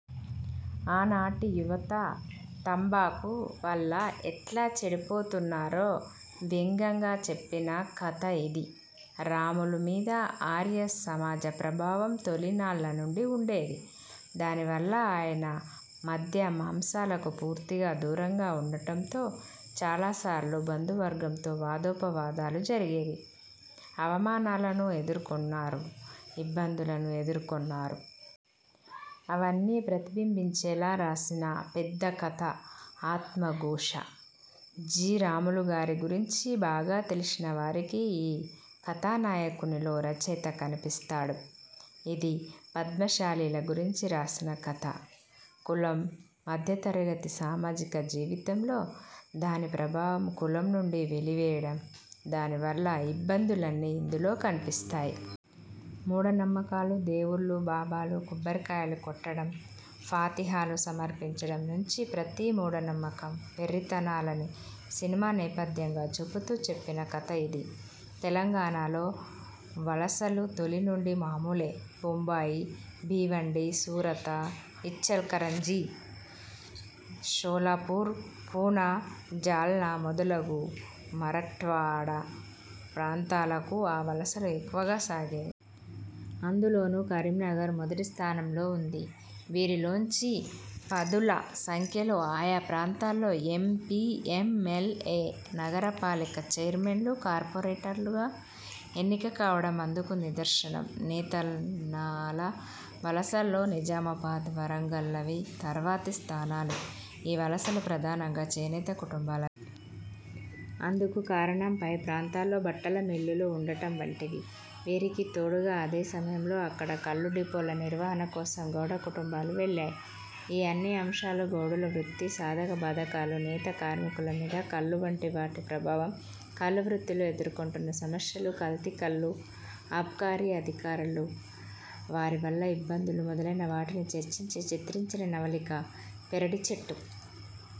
ఆనాటి యువత తంబాకు వల్ల ఎట్లా చెడిపోతున్నారో వ్యంగ్యంగా చెప్పిన కథ ఇది. రాములు మీద ఆర్య సమాజ ప్రభావం తొలినాళ్ళ నుండి ఉండేది. దానివల్ల ఆయన మద్య మాంసాలకు పూర్తిగా దూరంగా ఉండడంతో చాలాసార్లు బంధువర్గంతో వాదోపవాదాలు జరిగేవి. అవమానాలనూ ఎదుర్కొన్నారు. ఇబ్బందులను ఎదుర్కొన్నారు. అవన్నీ ప్రతిబింబించేలా రాసిన పెద్ద కథ 'ఆత్మఘోష'. జి. రాములుగారి గురించి బాగా తెలిసిన వారికి ఈ కథానాయకునిలో రచయిత కనిపిస్తాడు. ఇది పద్మశాలీల గురించి రాసిన కథ. కులం, మధ్యతరగతి సామాజిక జీవితంలో దాని ప్రభావం, కులం నుండి వెలివేయడం దాని వల్ల ఇబ్బందులన్నీ ఇందులో కనిపిస్తాయి. మూఢనమ్మకాలు, దేవుళ్ళు, బాబాలు, కొబ్బరికాయలు కొట్టడం, ఫాతిహాలు సమర్పించడం నుంచి ప్రతి మూఢ నమ్మకం, వెర్రితనాలని సినిమా నేపథ్యంగా చూపుతూ చెప్పిన కథ ఇది. తెలంగాణలో వలసలు తొలి నుండి మామూలే. బొంబాయి, బీవండి, సూరత, ఇచ్చల్ కరంజి, షోలాపూర్, పూనా, జాల్నా మొదలగు మరఠ్వాడా ప్రాంతాలకు ఆ వలసలు ఎక్కువగా సాగేవి. అందులోనూ కరీంనగర్ మొదటి స్థానంలో ఉంది. వీరిలోంచి పదుల సంఖ్యలో ఆయా ప్రాంతాల్లో M. P., M. L. A., నగర పాలిక చైర్మన్లు, కార్పొరేటర్లుగా ఎన్నిక కావడం అందుకు నిదర్శనం. నేతన్నల వలసల్లో నిజామాబాద్, వరంగల్లవి తర్వాతి స్థానాలు. ఈ వలసలు ప్రధానంగా చేనేత కుటుంబాలవే. అందుకు కారణం పై ప్రాంతాల్లో బట్టల మిల్లులు ఉండడం వంటివి. వీరికి తోడుగా అదే సమయంలో అక్కడ కల్లు డిపోల నిర్వహణ కోసం గౌడ కుటుంబాలు వెళ్ళాయి. ఈ అన్ని అంశాలు, గౌడుల వృత్తి, సాధక బాధకాలు, నేత కార్మికుల మీద కల్లు వంటి వాటి ప్రభావం, కల్లు వృత్తిలో ఎదుర్కొంటున్న సమస్యలు, కల్తీకల్లు, అబ్కారీ అధికారులు, వారి వల్ల ఇబ్బందులు మొదలైన వాటిని చర్చించి చిత్రించిన నవలిక 'పెరటి చెట్టు'.